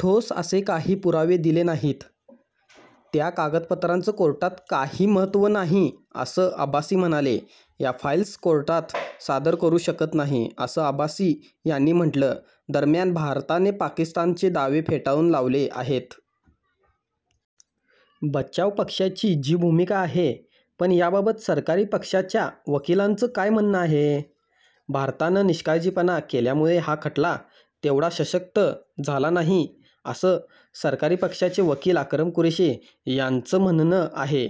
ठोस असे काही पुरावे दिले नाहीत. त्या कागदपत्रांचं कोर्टात काही महत्त्व नाही असं अब्बासी म्हणाले. या फाइल्स कोर्टात सादर करू शकत नाही असं अब्बासी यांनी म्हटलं. दरम्यान भारताने पाकिस्तानचे दावे फेटाळून लावले आहेत. बचाव पक्षांची जी भूमिका आहे. पण याबाबत सरकारी पक्षाच्या वकिलांचं काय म्हणणं आहे? भारतानं निष्काळजीपणा केल्यामुळं हा खटला तेवढा सशक्त झाला नाही असं सरकारी पक्षाचे वकील अक्रम कुरेशी यांचं म्हणणं आहे.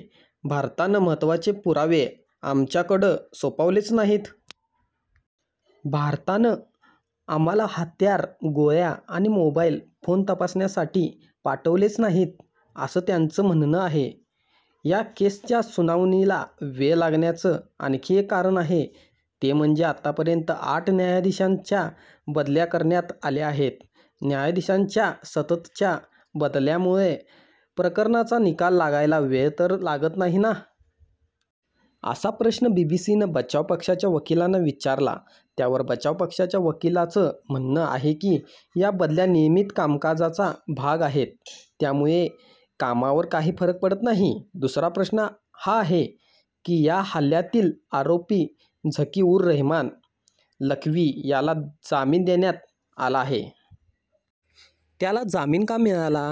भारतानं महत्त्वाचे पुरावे आमच्याकडं सोपवलेच नाहीत. भारतानं आम्हाला हत्यारं, गोळ्या आणि मोबाइल फोन तपासण्यासाठी पाठवलेच नाहीत असं त्यांचं म्हणणं आहे. या केसच्या सुनावणीला वेळ लागण्याचं आणखी एक कारण आहे. ते म्हणजे आतापर्यंत आठ न्यायाधीशांच्या बदल्या करण्यात आल्या आहेत. न्यायाधीशांच्या सततच्या बदल्यांमुळं प्रकरणाचा निकाल लागायला वेळ तर लागत नाही ना? असा प्रश्न बीबीसीनं बचाव पक्षाच्या वकिलांना विचारला. त्यावर बचाव पक्षाच्या वकिलांचं म्हणणं आहे, की या बदल्या नियमित कामकाजाचा भाग आहेत. त्यामुळं कामावर काही फरक पडत नाही. दुसरा प्रश्न हा आहे, की या हल्ल्यातील आरोपी झकी-उर-रेहमान लखवी याला जामीन देण्यात आला आहे. त्याला जामीन का मिळाला?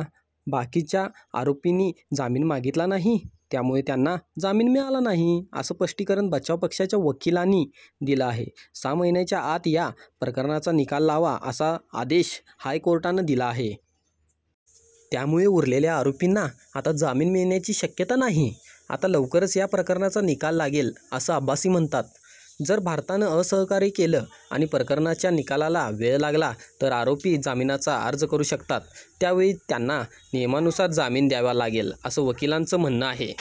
बाकीच्या आरोपींनी जामीन मागितला नाही. त्यामुळं त्यांना जामीन मिळाला नाही असं स्पष्टीकरण बचाव पक्षाच्या वकिलांनी दिलं आहे. सहा महिन्यांच्या आत या प्रकरणाचा निकाल लावा असा आदेश हायकोर्टानं दिला आहे. त्यामुळं उरलेल्या आरोपींना आता जामीन मिळण्याची शक्यता नाही. आता लवकरच या प्रकरणाचा निकाल लागेल असं अब्बासी म्हणतात. जर भारतानं असहकार्य केलं आणि प्रकरणाच्या निकालाला वेळ लागला तर आरोपी जामीनाचा अर्ज करू शकतात. त्यावेळी त्यांना नियमानुसार जामीन द्यावा लागेल असं वकिलांचं म्हणणं आहे.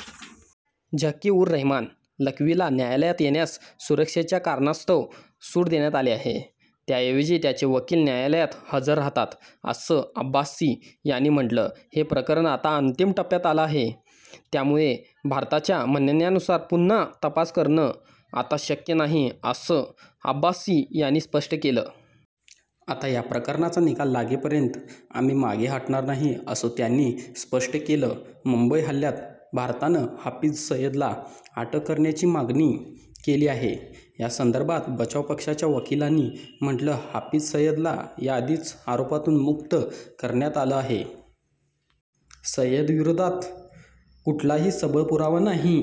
झकी-उर-रेहमान लखवीला न्यायालयात येण्यास सुरक्षेच्या कारणास्तव सूट देण्यात आली आहे. त्याऐवजी त्याचे वकील न्यायालयात हजर राहतात असं अब्बासी यांनी म्हटलं. हे प्रकरण आता अंतिम टप्प्यात आलं आहे, त्यामुळं भारताच्या म्हणण्यानुसार पुन्हा तपास करणं आता शक्य नाही असं अब्बासी यांनी स्पष्ट केलं. आता या प्रकरणाचा निकाल लागेपर्यंत आम्ही मागे हटणार नाही असं त्यांनी स्पष्ट केलं. मुंबई हल्ल्यात भारतानं हाफिज सईदला अटक करण्याची मागणी केली आहे. या संदर्भात बचाव पक्षाच्या वकिलांनी म्हटलं हाफिज सईदला याआधीच आरोपातून मुक्त करण्यात आलं आहे. सईदविरोधात कुठलाही सबळ पुरावा नाही.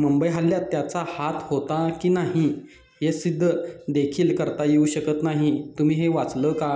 मुंबई हल्ल्यात त्याचा हात होता की नाही हे सिद्ध देखील करता येऊ शकत नाही. तुम्ही हे वाचलं का?